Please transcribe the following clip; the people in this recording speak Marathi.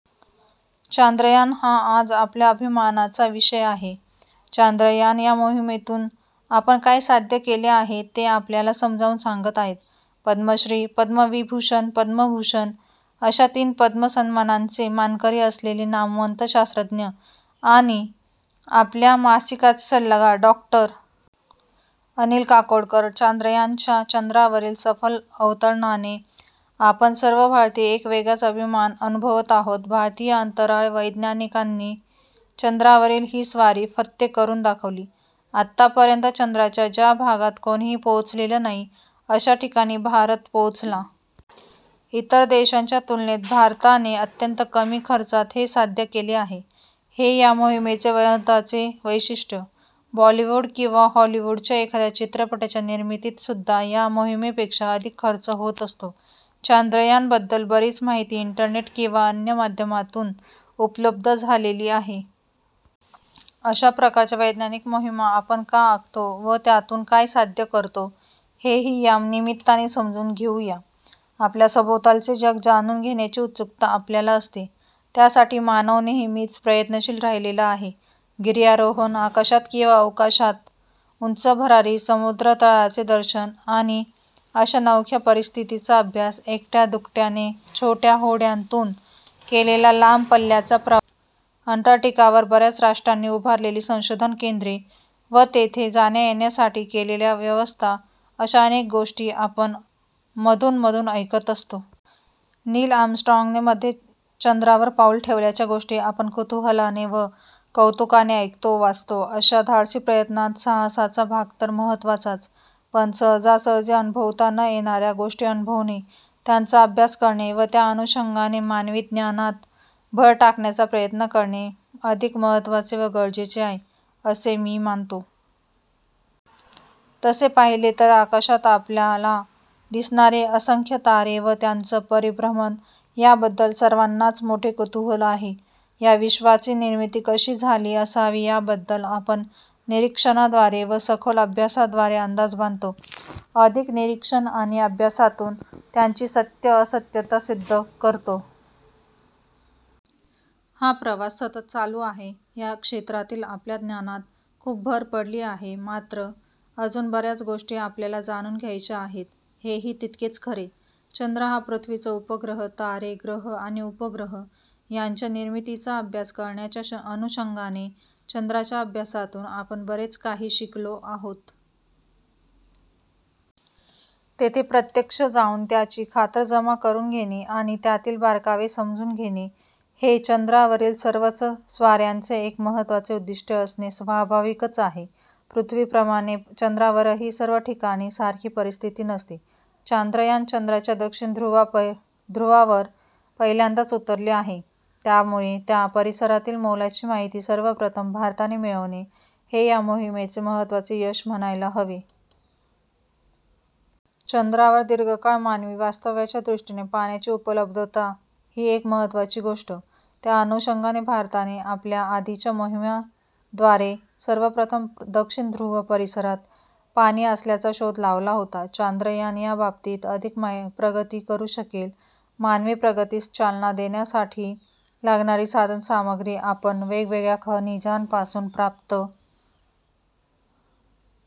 'चांद्रयान- ' हा आज आपल्या अभिमानाचा विषय आहे. 'चांद्रयान- ' या मोहिमेतून आपण काय साध्य केले आहे ते आपल्याला समजावून सांगत आहेत, पद्मश्री, पद्मविभूषण, पद्मभूषण अशा तीन पद्म सन्मानांचे मानकरी असलेले नामवंत शास्त्रज्ञ आणि आपल्या मासिकाचे सल्लागार डॉ. अनिल काकोडकर! 'चांद्रयान- 'च्या चंद्रावरील सफल अवतरणाने आपण सर्व भारतीय एक वेगळाच अभिमान अनुभवत आहोत. भारतीय अंतराळ वैज्ञानिकांनी चंद्रावरील ही स्वारी फत्ते करून दाखवली. आतापर्यंत चंद्राच्या ज्या भागात कोणीही पोहोचलेलं नाही, अशा ठिकाणी भारत पोहोचला. इतर देशांच्या तुलनेत भारताने अत्यंत कमी खर्चात हे साध्य केले आहे, हे या मोहिमेचे महत्त्वाचे वैशिष्ट्य! बॉलिवूड किंवा हॉलिवूडच्या एखाद्या चित्रपटाच्या निर्मितीतसुद्धा या मोहिमेपेक्षा अधिक खर्च होत असतो. 'चांद्रयान- ' बद्दल बरीच माहिती इंटरनेट किंवा अन्य माध्यमातून उपलब्ध झालेली आहे. अशा प्रकारच्या वैज्ञानिक मोहिमा आपण का आखतो व त्यातून काय साध्य करतो, हेही या निमित्ताने समजून घेऊ या. आपल्या सभोवतालचे जग जाणून घेण्याची उत्सुकता आपल्याला असते. त्यासाठी मानवनेहमीच प्रयत्नशील राहिलेला आहे. गिर्यारोहण, आकाशात किंवा अवकाशात उंच भरारी, समुद्रतळाचे दर्शन आणि अशा नवख्या परिस्थितीचा अभ्यास, एकट्या-दुकट्याने छोट्या होड्यांतून केलेला लांब पल्ल्याचा प्रवास, अंटार्क्टिकावर बऱ्याच राष्ट्रांनी उभारलेली संशोधन केंद्रे व तेथे जाण्या-येण्यासाठी केलेल्या व्यवस्था अशा अनेक गोष्टी आपण मधूनमधून ऐकत असतो. नील आर्मस्ट्राँगने मध्ये चंद्रावर पाऊल ठेवल्याच्या गोष्टी आपण कुतूहलाने व कौतुकाने ऐकतो, वाचतो. अशा धाडसीप्रयत्नांत साहसाचा भाग तर महत्त्वाचाच, पण सहजासहजी अनुभवता न येणाऱ्या गोष्टी अनुभवणे, त्यांचा अभ्यास करणे व त्या अनुषंगाने मानवी ज्ञानात भर टाकण्याचा प्रयत्न करणे अधिक महत्त्वाचे व गरजेचे आहे, असे मी मानतो. तसे पाहिले तर आकाशात आपल्याला दिसणारे असंख्यतारे व त्यांचं परिभ्रमण याबद्दल सर्वांनाच मोठे कुतूहल असते. या विश्वाचीनिर्मिती कशी झाली असावी याबद्दल आपण निरीक्षणाद्वारे व सखोल अभ्यासाद्वारे अंदाजबांधतो. अधिक निरीक्षण आणि अभ्यासातून त्यांची सत्य-असत्यता सिद्ध करतो. हा प्रवास सतत चालू आहे. या क्षेत्रातीलआपल्या ज्ञानात खूप भर पडली आहे, मात्र अजून बऱ्याचगोष्टी आपल्याला जाणून घ्यायच्या आहेत, हेही तितकेच खरे. चंद्र हा पृथ्वीचा उपग्रह. तारे, ग्रह आणि उपग्रह यांच्या निर्मितीचाअभ्यास करण्याच्या अनुषंगाने चंद्राच्या अभ्यासातून आपण बरेच काही शिकलो आहोत. तेथे प्रत्यक्ष जाऊन त्याची खातरजमाकरून घेणे आणि त्यातील बारकावे समजून घेणे, हे चंद्रावरील सर्वच स्वाऱ्यांचे एक महत्त्वाचे उद्दिष्ट असणे स्वाभाविकच आहे. पृथ्वीप्रमाणे चंद्रावरही सर्वठिकाणी सारखी परिस्थिती नसते. 'चांद्रयान- ' चंद्राच्या दक्षिण ध्रुवावरपहिल्यांदाच उतरले आहे, त्यामुळे त्या परिसरातील मोलाची माहिती सर्वप्रथम भारताने मिळवणे, हे या मोहिमेचे महत्त्वाचे यश म्हणायला हवे. चंद्रावर दीर्घकाळ मानवी वास्तव्याच्या दृष्टीने पाण्याची उपलब्धता ही एकमहत्त्वाची गोष्ट. त्याअनुषंगाने भारताने आपल्या आधीच्या मोहिमेद्वारे सर्वप्रथम दक्षिण ध्रुव परिसरात पाणी असल्याचा शोध लावला होता. 'चांद्रयान- ' याबाबतीत अधिक प्रगती करू शकेल. मानवी प्रगतीस चालना देण्यासाठी लागणारी साधनसामग्री आपण वेगवेगळ्याखनिजांपासून प्राप्त